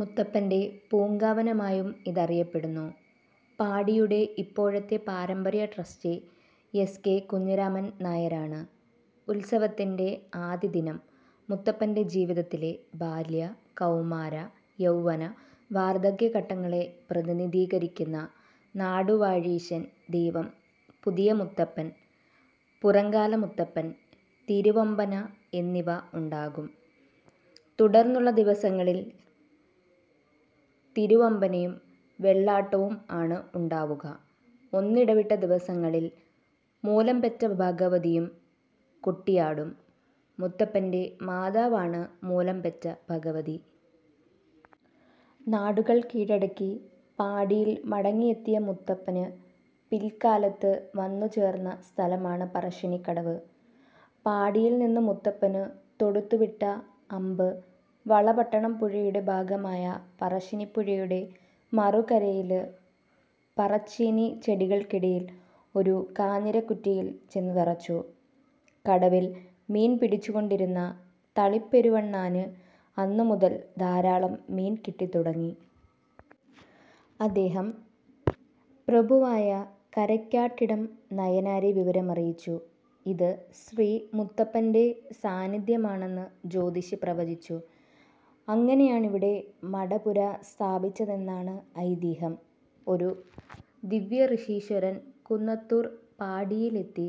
മുത്തപ്പന്റെ പൂങ്കാവനമായും ഇതറിയപ്പെടുന്നു. പാടിയുടെ ഇപ്പോഴത്തെ പാരമ്പര്യട്രസ്റ്റി എസ്. കെ. കുഞ്ഞിരാമൻ നായനാരാണ്. ഉത്സവത്തിന്റെ ആദ്യദിനം മുത്തപ്പന്റെ ജീവിതത്തിലെ ബാല്യ, കൗമാര, യൗവ്വന, വാർധക്യഘട്ടങ്ങളെ പ്രതിനിധീകരിക്കുന്ന നാടുവാഴീശൻ ദൈവം, പുതിയമുത്തപ്പൻ, പുറങ്കാല മുത്തപ്പൻ, തിരുവപ്പന എന്നിവ ഉണ്ടാവും. തുടർന്നുള്ള ദിവസങ്ങളിൽ തിരുവപ്പനയും വെള്ളാട്ടവും ആണ് ഉണ്ടാവുക. ഒന്നിടവിട്ട ദിവസങ്ങളിൽ മൂലംപെറ്റഭഗവതിയും കെട്ടിയാടും. മുത്തപ്പന്റെ മാതാവാണ് മൂലംപെറ്റ ഭഗവതി. നാടുകൾ കീഴടക്കി പാടിയിൽ മടങ്ങിയെത്തിയ മുത്തപ്പൻ പിൽക്കാലത്ത് വന്നുചേർന്ന സ്ഥലമാണ് പറശ്ശിനിക്കടവ്. പാടിയിൽ നിന്ന് മുത്തപ്പൻ തൊടുത്തുവിട്ട അമ്പ് വളപട്ടണം പുഴയുടെ ഭാഗമായ പറശ്ശിനി പുഴയുടെ മറുകരയിൽ പറച്ചീനി ചെടികൾക്കിടയിൽ ഒരു കാഞ്ഞിരക്കുറ്റിയിൽ ചെന്നു തറച്ചു. കടവിൽ മീൻ പിടിച്ചുകൊണ്ടിരുന്ന തളിപെരുവണ്ണാന് അന്നു മുതൽ ധാരാളം മീൻ കിട്ടിത്തുടങ്ങി. അദ്ദേഹം പ്രഭുവായ കരക്കാട്ടിടം നായനാരെ വിവരമറിയിച്ചു. ഇത് ശ്രീമുത്തപ്പന്റെ സാന്നിധ്യമാണെന്ന് ജ്യോതിഷി പ്രവചിച്ചു. അങ്ങനെയാണവിടെ മടപ്പുര സ്ഥാപിച്ചതെന്നാണ് ഐതിഹ്യം. ഒരു ദിവ്യഋഷീശ്വരൻ കുന്നത്തൂർ പാടിയിലെത്തി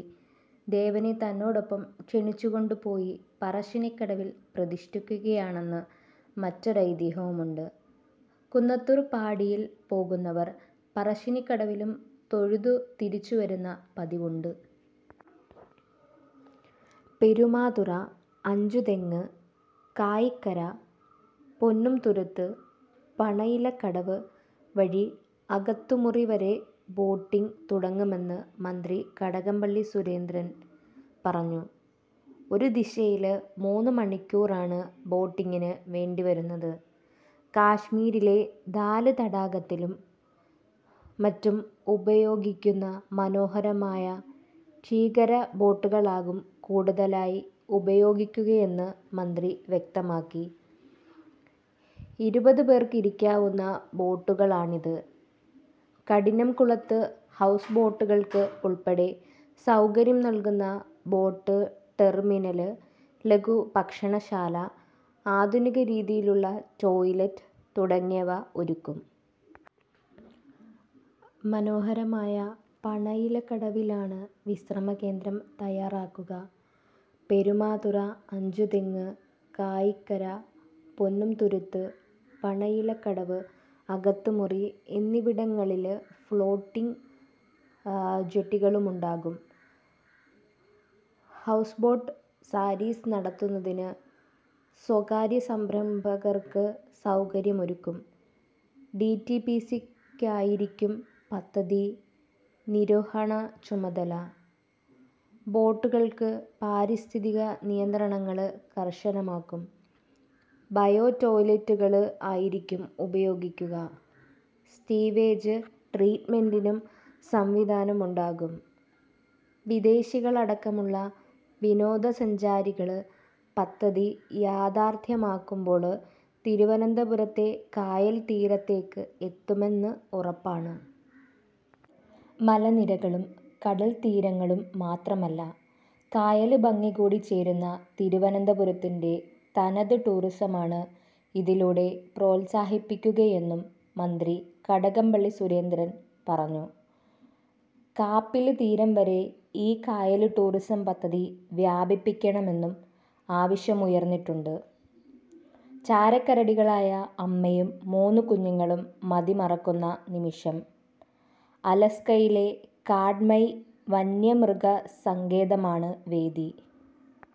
ദേവനെ തന്നോടൊപ്പം ക്ഷണിച്ചുകൊണ്ടുപോയി പറശ്ശിനിക്കടവിൽ പ്രതിഷ്ഠിക്കുകയായിരുന്നെന്ന് മറ്റൊരു ഐതിഹ്യവും ഉണ്ട്. കുന്നത്തൂർ പാടിയിൽ പോവുന്നവർ പറശ്ശിനിക്കടവിലും തൊഴുതു തിരിച്ചുവരുന്ന പതിവുണ്ട്. പെരുമാതുറ, അഞ്ചുതെങ്ങ്, കായിക്കര, പൊന്നുംതുരുത്ത്, പണയില്കടവ് വഴി അകത്തുമുറി വരെ ബോട്ടിംഗ് തുടങ്ങുമെന്ന് മന്ത്രി കടകംപള്ളി സുരേന്ദ്രന് പറഞ്ഞു. ഒരു ദിശയില് മൂന്ന് മണിക്കൂറാണ് ബോട്ടിങ്ങിന് വേണ്ടിവരുന്നത്. കശ്മീരിലെ ദാല് തടാകത്തിലും മറ്റും ഉപയോഗിക്കുന്ന മനോഹരമായ ഷിക്കാര ബോട്ടുകളാകും കൂടുതലായി ഉപയോഗിക്കുകയെന്ന് മന്ത്രി വ്യക്തമാക്കി. ഇരുപത് പേര്ക്ക് ഇരിക്കാവുന്ന ബോട്ടുകളാണിത്. കഠിനംകുളത്ത് ഹൗസ് ബോട്ടുകള്ക്ക് ഉള്പ്പെടെ സൗകര്യം നല്കുന്ന ബോട്ട് ടെര്മിനല്, ലഘുഭക്ഷണശാല, ആധുനികരീതിയിലുള്ള ടോയ്ലറ്റ് തുടങ്ങിയവ ഒരുക്കും. മനോഹരമായ പണയില്കടവിലാണ് വിശ്രമകേന്ദ്രം തയ്യാറാക്കുക. പെരുമാതുറ, അഞ്ചുതെങ്ങ്, കായിക്കര, പൊന്നുംതുരുത്ത്, പണയില്കടവ്, അകത്തുമുറി എന്നിവിടങ്ങളില് ഫ്ളോട്ടിങ് ജട്ടികളുമുണ്ടാകും. ഹൗസ്ബോട്ട് സര്വീസ് നടത്തുന്നതിന് സ്വകാര്യസംരംഭകര്ക്ക് സൗകര്യമൊരുക്കും. ഡിടിപിസിക്കായിരിക്കും പദ്ധതി നിര്വഹണ ചുമതല. ബോട്ടുകള്ക്ക് പാരിസ്ഥിതിക നിയന്ത്രണങ്ങള് കര്ശനമാക്കും. ബയോടോയ് ലറ്റുകള് ആയിരിക്കും ഉപയോഗിക്കുക. സ്വീവേജ് ട്രീറ്റ്മെന്റിനും സംവിധാനമുണ്ടാകും. വിദേശികളടക്കമുള്ള വിനോദസഞ്ചാരികള് പദ്ധതി യാഥാര്ത്ഥ്യമാകുമ്പോള് തിരുവനന്തപുരത്തെ കായല് തീരത്തേക്ക് എത്തുമെന്ന് ഉറപ്പാണ്. മലനിരകളും, കടല്തീരങ്ങളും മാത്രമല്ല കായല് ഭംഗി കൂടി ചേരുന്ന തിരുവനന്തപുരത്തിന്റെ തനത് ടൂറിസമാണ് ഇതിലൂടെ പ്രോത്സാഹിപ്പിക്കുകയെന്നും മന്ത്രി കടകംപള്ളി സുരേന്ദ്രന് പറഞ്ഞു. കാപ്പില് തീരം വരെ ഈ കായല്ടൂറിസം പദ്ധതി വ്യാപിപ്പിക്കണമെന്നും ആവശ്യമുയര്ന്നിട്ടുണ്ട്. ചാരക്കരടികളായ അമ്മയും മൂന്ന് കുഞ്ഞുങ്ങളും മതിമറക്കുന്ന നിമിഷം. അലാസ്കയിലെ കട്മൈ വന്യമൃഗസങ്കേതമാണ് വേദി.